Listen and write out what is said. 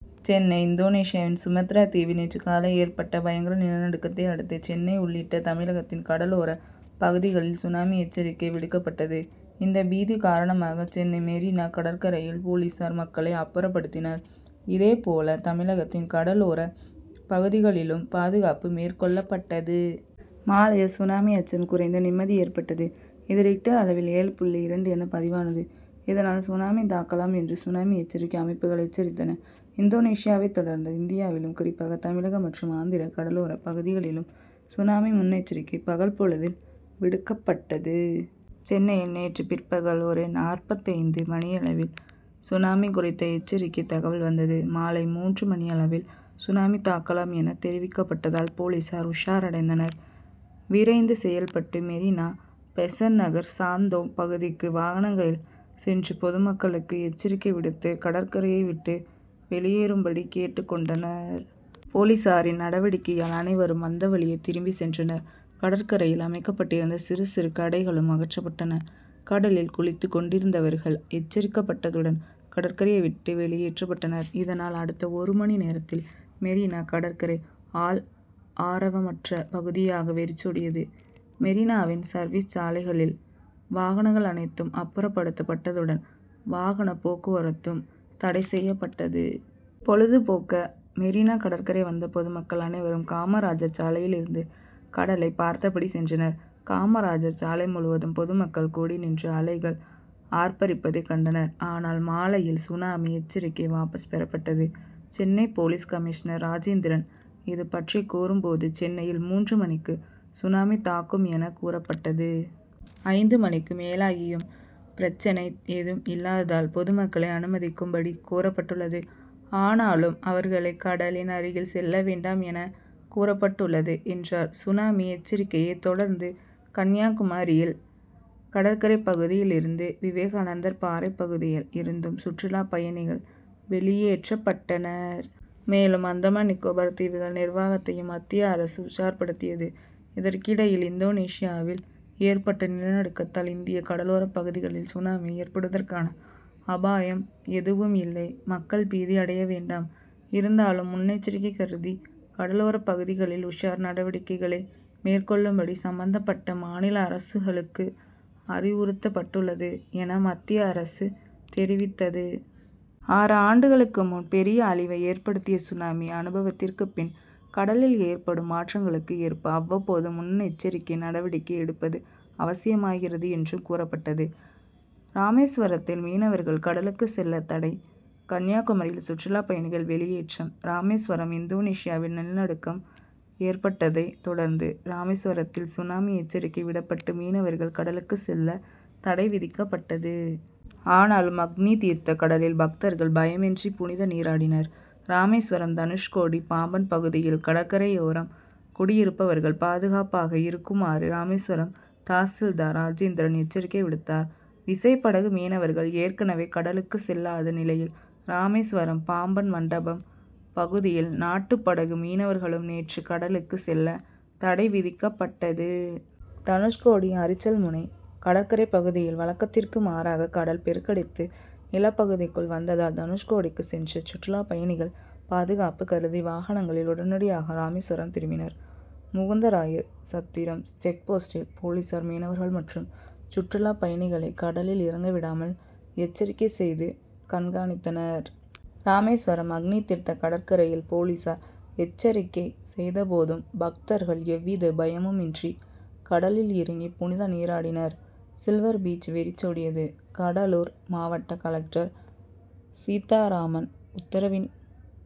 சென்னை இந்தோனேசியாவின் சுமத்ரா தீவில் நேற்று காலை ஏற்பட்ட பயங்கர நிலநடுக்கத்தை அடுத்து சென்னை உள்ளிட்ட தமிழகத்தின் கடலோர பகுதிகளில் சுனாமி எச்சரிக்கை விடுக்கப்பட்டது. இந்த பீதி காரணமாக சென்னை மெரீனா கடற்கரையில் போலீசார் மக்களை அப்புறப்படுத்தினர். இதே போல தமிழகத்தின் கடலோரப் பகுதிகளிலும் பாதுகாப்பு மேற்கொள்ளப்பட்டது. மாலையில் சுனாமி அச்சம் குறைந்து நிம்மதி ஏற்பட்டது. இது ரிக்டர் அளவில் ஏழு புள்ளி இரண்டு என பதிவானது. இதனால் சுனாமி தாக்கலாம் என்று சுனாமி எச்சரிக்கை அமைப்புகள் எச்சரித்தன. இந்தோனேசியாவை தொடர்ந்து இந்தியாவிலும் குறிப்பாக தமிழகம் மற்றும் ஆந்திர கடலோரப் பகுதிகளிலும் சுனாமி முன்னெச்சரிக்கை பகல் பொழுதில் விடுக்கப்பட்டது. சென்னையில் நேற்று பிற்பகல் ஒரு நாற்பத்தைந்து மணியளவில் சுனாமி குறித்த எச்சரிக்கை தகவல் வந்தது. மாலை மூன்று மணியளவில் சுனாமி தாக்கலாம் என தெரிவிக்கப்பட்டதால் போலீசார் உஷாரடைந்தனர். விரைந்து செயல்பட்டு மெரீனா பெசன்ட்நகர் சாந்தோம் பகுதிக்கு வாகனங்களில் சென்று பொதுமக்களுக்கு எச்சரிக்கை விடுத்து கடற்கரையை விட்டு வெளியேறும்படி கேட்டுக் கொண்டனர். போலீசாரின் நடவடிக்கையால் அனைவரும் வந்தவழியே திரும்பிச் சென்றனர். கடற்கரையில் அமைக்கப்பட்டிருந்த சிறு சிறு கடைகளும் அகற்றப்பட்டன. கடலில் குளித்துக் கொண்டிருந்தவர்கள் எச்சரிக்கப்பட்டதுடன் கடற்கரையை விட்டு வெளியேற்றப்பட்டனர். இதனால் அடுத்த ஒரு மணி நேரத்தில் மெரீனா கடற்கரை ஆள் ஆரவமற்ற பகுதியாக வெறிச்சோடியது. மெரீனாவின் சர்வீஸ் சாலைகளில் வாகனங்கள் அனைத்தும் அப்புறப்படுத்தப்பட்டதுடன் வாகன போக்குவரத்தும் தடைசெய்யப்பட்டது. பொழுதுபோக்க மெரீனா கடற்கரை வந்த பொதுமக்கள் அனைவரும் காமராஜர் சாலையில் இருந்து கடலை பார்த்தபடி சென்றனர். காமராஜர் சாலை முழுவதும் பொதுமக்கள் கூடி நின்று அலைகள் ஆர்ப்பரிப்பதைக் கண்டனர். ஆனால் மாலையில் சுனாமி எச்சரிக்கை வாபஸ் பெறப்பட்டது. சென்னை போலீஸ் கமிஷ்னர் ராஜேந்திரன் இதுபற்றி கூறும் போது சென்னையில் மூன்று மணிக்கு சுனாமி தாக்கும் என கூறப்பட்டது. ஐந்து மணிக்கு மேலாகியும் பிரச்னை ஏதும் இல்லாததால் பொதுமக்களை அனுமதிக்கும் படி கூறப்பட்டுள்ளது. ஆனாலும் அவர்களை கடலின் அருகில் செல்ல வேண்டாம் என கூறப்பட்டுள்ளது என்றார். சுனாமி எச்சரிக்கையை தொடர்ந்து கன்னியாகுமாரியில் கடற்கரை பகுதியில் இருந்து விவேகானந்தர் பாறை பகுதியில் இருந்தும் சுற்றுலாப் பயணிகள் வெளியேற்றப்பட்டனர். மேலும் அந்தமான் நிகோபர் தீவுகள் நிர்வாகத்தையும் மத்திய அரசு உஷார்படுத்தியது. இதற்கிடையில் இந்தோனேசியாவில் ஏற்பட்ட நிலநடுக்கத்தால் இந்திய கடலோர பகுதிகளில் சுனாமி ஏற்படுவதற்கான அபாயம் எதுவும் இல்லை. மக்கள் பீதி அடைய வேண்டாம். இருந்தாலும் முன்னெச்சரிக்கை கருதி கடலோர பகுதிகளில் உஷார் நடவடிக்கைகளை மேற்கொள்ளும்படி சம்பந்தபட்ட மாநில அரசுகளுக்கு அறிவுறுத்தப்பட்டுள்ளது என மத்திய அரசு தெரிவித்தது. ஆறு ஆண்டுகளுக்கு முன் பெரிய அழிவை ஏற்படுத்திய சுனாமி அனுபவத்திற்குப் பின் கடலில் ஏற்படும் மாற்றங்களுக்கு ஏற்ப அவ்வப்போது முன்னெச்சரிக்கை நடவடிக்கை எடுப்பது அவசியமாகிறது என்றும் கூறப்பட்டது. ராமேஸ்வரத்தில் மீனவர்கள் கடலுக்கு செல்ல தடை கன்னியாகுமரியில் சுற்றுலா பயணிகள் வெளியேற்றம் ராமேஸ்வரம் இந்தோனேசியாவில் நிலநடுக்கம் ஏற்பட்டதை தொடர்ந்து ராமேஸ்வரத்தில் சுனாமி எச்சரிக்கை விடப்பட்டு மீனவர்கள் கடலுக்கு செல்ல தடை விதிக்கப்பட்டது. ஆனாலும் அக்னிதீர்த்த கடலில் பக்தர்கள் பயமின்றி புனித நீராடினர். ராமேஸ்வரம் தனுஷ்கோடி பாம்பன் பகுதியில் கடற்கரையோரம் குடியிருப்பவர்கள் பாதுகாப்பாக இருக்குமாறு ராமேஸ்வரம் தாசில்தார் ராஜேந்திரன் எச்சரிக்கை விடுத்தார். விசைப்படகு மீனவர்கள் ஏற்கனவே கடலுக்கு செல்லாத நிலையில் ராமேஸ்வரம் பாம்பன் மண்டபம் பகுதியில் நாட்டுப்படகு மீனவர்களும் நேற்று கடலுக்கு செல்ல தடை விதிக்கப்பட்டது. தனுஷ்கோடி அரிச்சல்முனை கடற்கரை பகுதியில் வழக்கத்திற்கு மாறாக கடல் பெருக்கெடுத்து நிலப்பகுதிக்குள் வந்ததால் தனுஷ்கோடிக்கு சென்ற சுற்றுலாப் பயணிகள் பாதுகாப்பு கருதி வாகனங்களில் உடனடியாக ராமேஸ்வரம் திரும்பினர். முகுந்தராயர் சத்திரம் செக் போஸ்டில் போலீசார் மீனவர்கள் மற்றும் சுற்றுலாப் பயணிகளை கடலில் இறங்க விடாமல் எச்சரிக்கை செய்து கண்காணித்தனர். ராமேஸ்வரம் அக்னிதீர்த்த கடற்கரையில் போலீசார் எச்சரிக்கை செய்த போதும் பக்தர்கள் எவ்வித பயமுமின்றி கடலில் இறங்கி புனித நீராடினர். சில்வர் பீச் வெறிச்சோடியது கடலூர் மாவட்ட கலெக்டர் சீத்தாராமன் உத்தரவின்